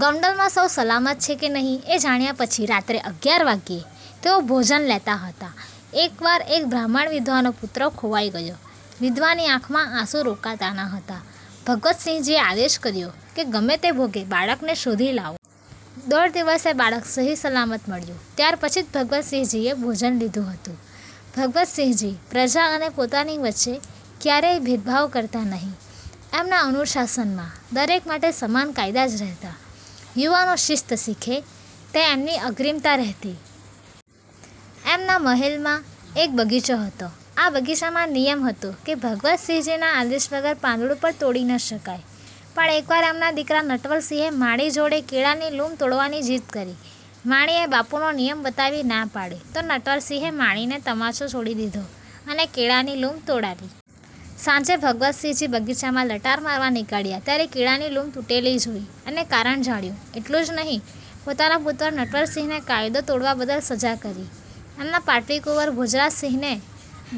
ગોંડલમાં સૌ સલામત છે કે નહીં એ જાણ્યા પછી રાત્રે અગિયાર વાગ્યે તેઓ ભોજન લેતા હતા. એક વાર એક બ્રાહ્મણ વિધવાનો પુત્ર ખોવાઇ ગયો. વિધવાની આંખમાં આંસુ રોકાતા ન હતાં. ભગવતસિંહજીએ આદેશ કર્યો કે, ગમે તે ભોગે બાળકને શોધી લાવો. દોઢ દિવસે બાળક સહી સલામત મળ્યું ત્યાર પછી જ ભગવતસિંહજીએ ભોજન લીધું હતું. ભગવતસિંહજી પ્રજા અને પોતાના વચ્ચે ક્યારેય ભેદભાવ કરતા નહીં. એમના અનુશાસનમાં દરેક માટે સમાન કાયદા જ રહેતા. યુવાનો શિસ્ત શીખે તે એમની અગ્રીમતા રહેતી. એમના મહેલમાં એક બગીચો હતો. આ બગીચામાં નિયમ હતો કે, ભગવતસિંહજીના આદેશ વગર પાંદડું પણ તોડી ન શકાય. પણ એકવાર એમના દીકરા નટવરસિંહે માળી જોડે કેળાની લૂમ તોડવાની જીદ કરી. માળીએ બાપુનો નિયમ બતાવી ના પાડી તો નટવરસિંહે માળીને તમાચો ચોડી દીધો અને કેળાની લૂમ તોડાવી. સાંજે ભગવતસિંહજી બગીચામાં લટાર મારવા નીકળ્યા ત્યારે કેળાની લૂમ તૂટેલી જોઇ અને કારણ જાણ્યું. એટલું જ નહીં, પોતાના પુત્ર નટવરસિંહને કાયદો તોડવા બદલ સજા કરી. એમના પાટવી કુંવર ભોજરાજસિંહને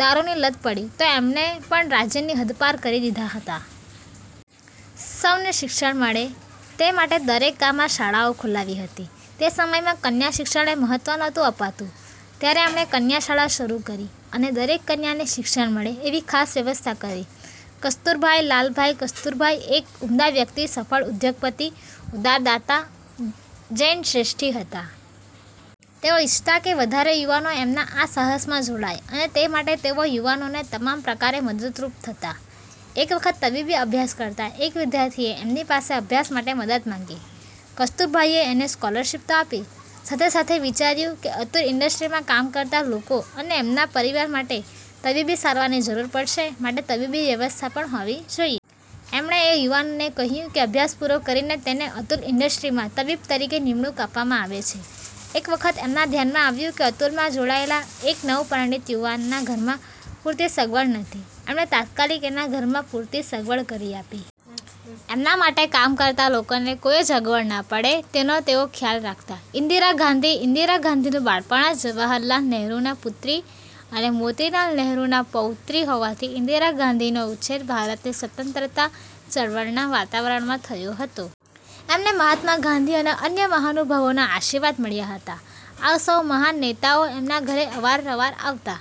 દારૂની લત પડી તો એમને પણ રાજ્યની હદપાર કરી દીધા હતા. સૌને શિક્ષણ મળે તે માટે દરેક ગામમાં શાળાઓ ખોલાવી હતી. તે સમયમાં કન્યાશિક્ષણને મહત્વ નહોતું અપાતું ત્યારે એમણે કન્યાશાળા શરુ કરી દરેક કન્યાને શિક્ષણ મળે એની ખાસ વ્યવસ્થા કરી. કસ્તુરભાઈ લાલભાઇ કસ્તુરભાઈ એક ઉમદા વ્યક્તિ, સફળ ઉદ્યોગપતિ, ઉદાર દાતા, જૈન શ્રેષ્ઠી હતા. તેઓ ઇચ્છતા કે વધારે યુવાનો એમના આ સાહસમાં જોડાય અને એ માટે તેઓ યુવાનોને તમામ પ્રકારે મદદરુપ થતા. એક વખત તબીબી અભ્યાસ કરતા એક વિદ્યાર્થીએ એમની પાસે અભ્યાસ માટે મદદ માંગી. કસ્તુરભાઈએ એને સ્કોલરશીપ તો આપી સાથે સાથે વિચાર્યું કે અતુલ ઇન્ડસ્ટ્રીમાં કામ કરતા લોકો અને એમના પરિવાર માટે તબીબી સારવારની જરુર પડશે માટે તબીબી વ્યવસ્થા પણ હોવી જોઈએ. એમણે એ યુવાનને કહ્યું કે અભ્યાસ પૂરો કરીને તેને અતુલ ઇન્ડસ્ટ્રીમાં તબીબ તરીકે નિમણુંક આપવામાં આવે છે! એક વખત એમના ધ્યાનમાં આવ્યું કે અતુલમાં જોડાયેલા એક નવપરિણીત યુવાનના ઘરમાં પૂરતી સગવડ નથી. એમણે તાત્કાલિક એના ઘરમાં પૂરતી સગવડ કરી આપી. એમના માટે કામ કરતા લોકોને કોઈ જ અગવડ ન પડે તેનો તેઓ ખ્યાલ રાખતા. ઇન્દિરા ગાંધી ઇન્દિરા ગાંધીનું બાળપણ જવાહરલાલ નહેરુના પુત્રી અને મોતીલાલ નહેરુના પૌત્રી હોવાથી ઇન્દિરા ગાંધીનો ઉછેર ભારતની સ્વતંત્રતા ચળવળના વાતાવરણમાં થયો હતો. એમને મહાત્મા ગાંધી અને અન્ય મહાનુભાવોના આશીર્વાદ મળ્યા હતા. આ સૌ મહાન નેતાઓ એમના ઘરે અવારનવાર આવતા.